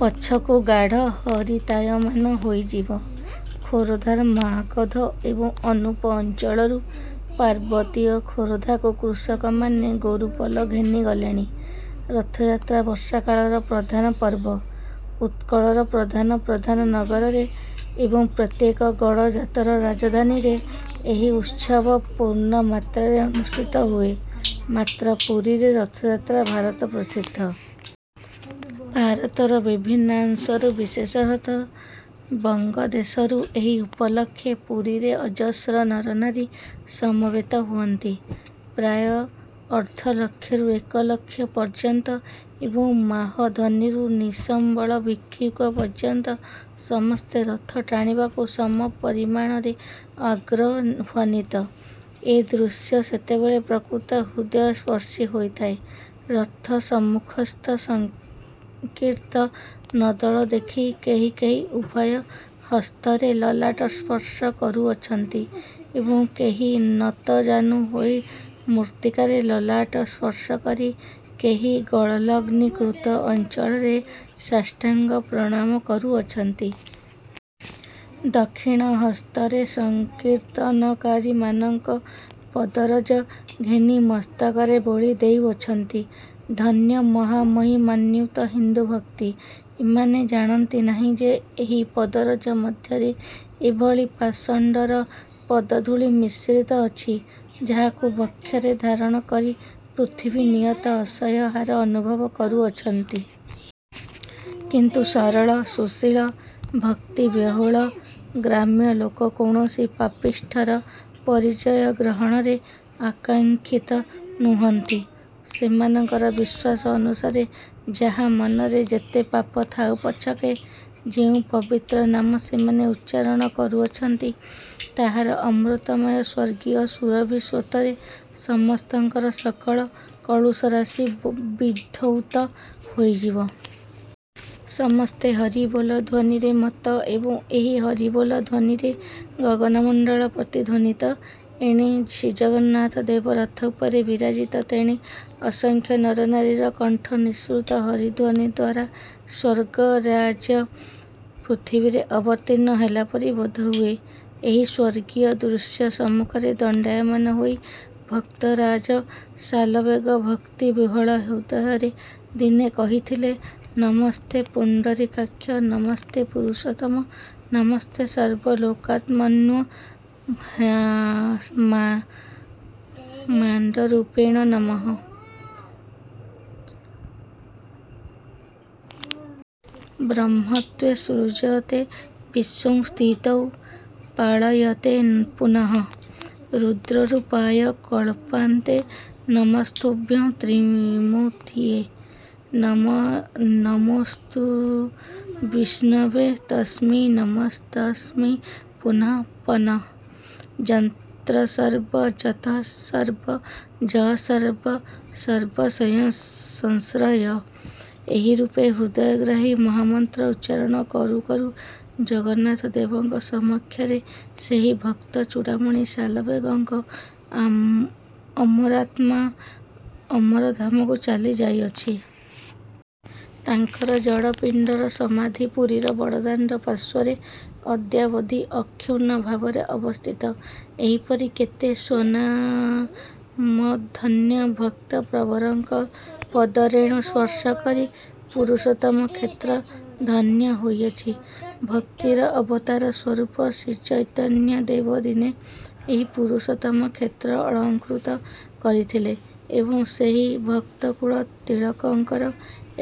ପଛକୁ ଗାଢ଼ ହରିତାୟମାନ ହୋଇଯିବ। ଖୋରଧାର ମାଗଧ ଏବଂ ଅନୂପ ଅଞ୍ଚଳରୁ ପାର୍ବତୀୟ ଖୋରଧାକୁ କୃଷକମାନେ ଗୋରୁପଲ ଘେନି ଗଲେଣି। ରଥଯାତ୍ରା ବର୍ଷାକାଳର ପ୍ରଧାନ ପର୍ବ। ଉତ୍କଳର ପ୍ରଧାନ ପ୍ରଧାନ ନଗରରେ ଏବଂ ପ୍ରତ୍ୟେକ ଗଡ଼ଜାତର ରାଜଧାନୀରେ ଏହି ଉତ୍ସବ ପୂର୍ଣ୍ଣମାତ୍ରାରେ ଅନୁଷ୍ଠିତ ହୁଏ, ମାତ୍ର ପୁରୀରେ ରଥଯାତ୍ରା ଭାରତପ୍ରସିଦ୍ଧ। ଭାରତର ବିଭିନ୍ନାଂଶରୁ ବିଶେଷତଃ ବଙ୍ଗଦେଶରୁ ଏହି ଉପଲକ୍ଷେ ପୁରୀରେ ଅଜସ୍ର ନରନାରୀ ସମବେତ ହୁଅନ୍ତି। ପ୍ରାୟ ଅର୍ଦ୍ଧଲକ୍ଷରୁ ଏକ ଲକ୍ଷ ପର୍ଯ୍ୟନ୍ତ ଏବଂ ମାହଧନିରୁ ନିଃସମ୍ବଳ ଭିକ୍ଷୁକ ପର୍ଯ୍ୟନ୍ତ ସମସ୍ତେ ରଥ ଟାଣିବାକୁ ସମପରିମାଣରେ ଆଗ୍ରହାନ୍ୱିତ। ଏ ଦୃଶ୍ୟ ସେତେବେଳେ ପ୍ରକୃତ ହୃଦୟସ୍ପର୍ଶୀ ହୋଇଥାଏ। ରଥ ସମ୍ମୁଖସ୍ଥ ସଂକୀର୍ତ୍ତନଦଳ ଦେଖି କେହି କେହି ଉଭୟ ହସ୍ତରେ ଲଲାଟ ସ୍ପର୍ଶ କରୁଅଛନ୍ତି ଏବଂ କେହି ନତଜାନୁ ହୋଇ ମୃତ୍ତିକାରେ ଲଲାଟ ସ୍ପର୍ଶ କରି, କେହି ଗଳଲଗ୍ନୀକୃତ ଅଞ୍ଚଳରେ ସାଷ୍ଟାଙ୍ଗ ପ୍ରଣାମ କରୁଅଛନ୍ତି। ଦକ୍ଷିଣ ହସ୍ତରେ ସଂକୀର୍ତ୍ତନକାରିମାନଙ୍କ ପଦରଜ ଘେନି ମସ୍ତକରେ ବୋଳି ଦେଉଅଛନ୍ତି। ଧନ୍ୟ ମହାମହିମାନ୍ୱିତ ହିନ୍ଦୁଭକ୍ତି! ଏମାନେ ଜାଣନ୍ତି ନାହିଁ ଯେ ଏହି ପଦରଜ ମଧ୍ୟରେ ଏଭଳି ପାଷଣ୍ଡର ପଦଧୂଳି ମିଶ୍ରିତ ଅଛି, ଯାହାକୁ ବକ୍ଷରେ ଧାରଣ କରି ପୃଥିବୀ ନିୟତ ଅସହ୍ୟ ଭାର ଅନୁଭବ କରୁଅଛନ୍ତି। କିନ୍ତୁ ସରଳ, ସୁଶୀଳ, ଭକ୍ତିବିହ୍ୱଳ ଗ୍ରାମ୍ୟ ଲୋକେ କୌଣସି ପାପିଷ୍ଠର ପରିଚୟ ଗ୍ରହଣରେ ଆକାଙ୍କ୍ଷିତ ନୁହନ୍ତି ସେମାନଙ୍କର ବିଶ୍ୱାସ ଅନୁସାରେ ଯାହା ମନରେ ଯେତେ ପାପ ଥାଉ ପଛକେ ଯେଉଁ ପବିତ୍ର ନାମ ସେମାନେ ଉଚ୍ଚାରଣ କରୁଅଛନ୍ତି, ତାହାର ଅମୃତମୟ ସ୍ୱର୍ଗୀୟ ସୁରଭି ସ୍ରୋତରେ ସମସ୍ତଙ୍କର ସକଳ କଳୁଷରାଶି ବିଧୌତ ହୋଇଯିବ। ସମସ୍ତେ ହରିବୋଲ' ଧ୍ୱନିରେ ମତ୍ତ ଏବଂ ଏହି ହରିବୋଲ ଧ୍ୱନିରେ ଗଗନମଣ୍ଡଳ ପ୍ରତିଧ୍ୱନିତ। ଏଣେ ଶ୍ରୀଜଗନ୍ନାଥଦେବ ରଥ ଉପରେ ବିରାଜିତ ତେଣେ ଅସଂଖ୍ୟ ନରନାରୀର କଣ୍ଠନିଃସୃତ ହରିଧ୍ୱନିଦ୍ୱାରା ସ୍ୱର୍ଗରାଜ୍ୟ ପୃଥିବୀରେ ଅବତୀର୍ଣ୍ଣ ହେଲା ପରି ବୋଧ ହୁଏ। ଏହି ସ୍ୱର୍ଗୀୟ ଦୃଶ୍ୟ ସମ୍ମୁଖରେ ଦଣ୍ଡାୟମାନ ହୋଇ ଭକ୍ତରାଜ ଶାଲବେଗ ଭକ୍ତି ବିହ୍ୱଳ ହୃଦୟରେ ଦିନେ କହିଥିଲେ ନମସ୍ତେ ପୁଣ୍ଡରୀକାକ୍ଷ, ନମସ୍ତେ ପୁରୁଷୋତ୍ତମ ନମସ୍ତେ ସର୍ବଲୋକାତ୍ମନ୍ବ୍ର ମା ଣ୍ଡରୂପିଣେ ନମଃ। ବ୍ରହ୍ମତ୍ୱେ ସୃଜତେ ବିଶ୍ୱଂ ସ୍ଥିତୌ ପାଳୟତେ ପୁନଃ। ରୂଦ୍ରରୂପାୟ କଳ୍ପାନ୍ତେ ନମସ୍ତୁଭ୍ୟଂ ତ୍ରିମୂର୍ତ୍ତିୟେ। ନମୋଽସ୍ତୁ ବିଷ୍ଣବେ ତସ୍ମୈ ନମସ୍ତସ୍ମୈ ପୁନଃ ପନଃ। ଯନ୍ତ୍ର ସର୍ବଂ ଯତଃ ସର୍ବଂ ଯଃ ସର୍ବଂ ସର୍ବସଂଶ୍ରୟଃ। ଏହିରୂପେ ହୃଦୟଗ୍ରାହୀ ମହାମନ୍ତ୍ର ଉଚ୍ଚାରଣ କରୁଁ କରୁଁ ଜଗନ୍ନାଥଦେବଙ୍କ ସମକ୍ଷରେ ସେହି ଭକ୍ତଚୂଡ଼ାମଣି ଶାଲବେଗଙ୍କ ଅମରାତ୍ମା ଅମର ଧାମକୁ ଚାଲି ଯାଇଅଛି। ତାଙ୍କର ଜଡ଼ପିଣ୍ଡର ସମାଧି ପୁରୀର ବଡ଼ଦାଣ୍ଡ ପାର୍ଶ୍ୱରେ ଅଦ୍ୟାବଧି ଅକ୍ଷୁର୍ଣ୍ଣଭାବରେ ଅବସ୍ଥିତ। ଏହିପରି କେତେ ସ୍ୱନାମଧନ୍ୟ ଭକ୍ତପ୍ରବରଙ୍କ ପଦରେଣୁ ସ୍ପର୍ଶ କରି ପୁରୁଷୋତ୍ତମ କ୍ଷେତ୍ର ଧନ୍ୟ ହୋଇଅଛି। ଭକ୍ତିର ଅବତାରସ୍ୱରୂପ ଶ୍ରୀଚୈତନ୍ୟ ଦେବ ଦିନେ ଏହି ପୁରୁଷୋତ୍ତମ କ୍ଷେତ୍ର ଅଳଂକୃତ କରିଥିଲେ ଏବଂ ସେହି ଭକ୍ତକୁଳ ତିଳକଙ୍କର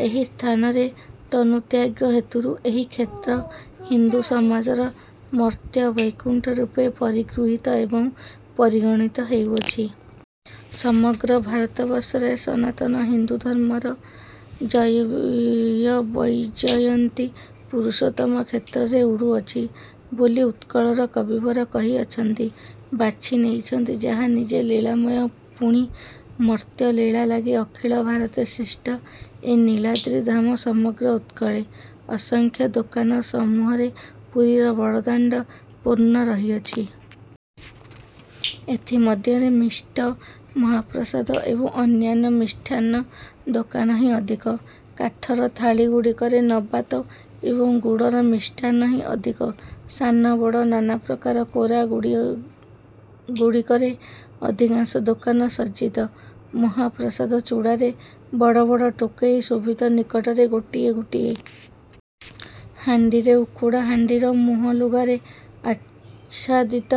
ଏହି ସ୍ଥାନରେ ତନୁତ୍ୟାଗ ହେତୁରୁ ଏହି କ୍ଷେତ୍ର ହିନ୍ଦୁସମାଜର ମର୍ତ୍ତ୍ୟ ବୈକୁଣ୍ଠରୂପେ ପରିଗୃହୀତ ଏବଂ ପରିଗଣିତ ହେଉଅଛି। ସମଗ୍ର ଭାରତବର୍ଷରେ ସନାତନ ହିନ୍ଦୁଧର୍ମର ଜୟବୈଜୟନ୍ତୀ ପୁରୁଷୋତ୍ତମ କ୍ଷେତ୍ରରେ ଉଡ଼ୁଅଛି ବୋଲି ଉତ୍କଳର କବିବର କହିଅଛନ୍ତି ବାଛି ନେଇଛନ୍ତି ଯାହା ନିଜେ ଲୀଳାମୟ ପୁଣି ମର୍ତ୍ତ୍ୟଲୀଳା ଲାଗି ଅଖିଳ ଭାରତେ ଶ୍ରେଷ୍ଠ ଏ ନୀଳାଦ୍ରିଧାମ ସମଗ୍ର ଉତ୍କଳେ। ଅସଂଖ୍ୟ ଦୋକାନସମୂହରେ ପୁରୀର ବଡ଼ଦାଣ୍ଡ' ପୂର୍ଣ୍ଣ ରହିଅଛି। ଏଥି ମଧ୍ୟରେ ମିଷ୍ଟ ମହାପ୍ରସାଦ ଏବଂ ଅନ୍ୟାନ୍ୟ ମିଷ୍ଟାନ୍ନ ଦୋକାନହିଁ ଅଧିକ। କାଠର ଥାଳିଗୁଡ଼ିକରେ ନବାତ ଏବଂ ଗୁଡ଼ର ମିଷ୍ଟାନ୍ନହିଁ ଅଧିକ, ସାନ ବଡ଼ ନାନାପ୍ରକାର କୋରା ଗୁଡ଼ିକରେ ଅଧିକାଂଶ ଦୋକାନ ସଜ୍ଜିତ। ମହାପ୍ରସାଦ ଚୂଡ଼ାରେ ବଡ଼ ବଡ଼ ଟୋକେଇ ଶୋଭିତ ନିକଟରେ ଗୋଟିଏ ଗୋଟିଏ ହାଣ୍ଡିରେ ଉଖୁଡ଼ା ହାଣ୍ଡିର ମୁହଁ ଲୁଗାରେ ଆଚ୍ଛାଦିତ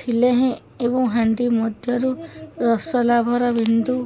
ଥିଲେହେଁ ଏବଂ ହାଣ୍ଡି ମଧ୍ୟରୁ ରସଲାଭର ବିନ୍ଦୁ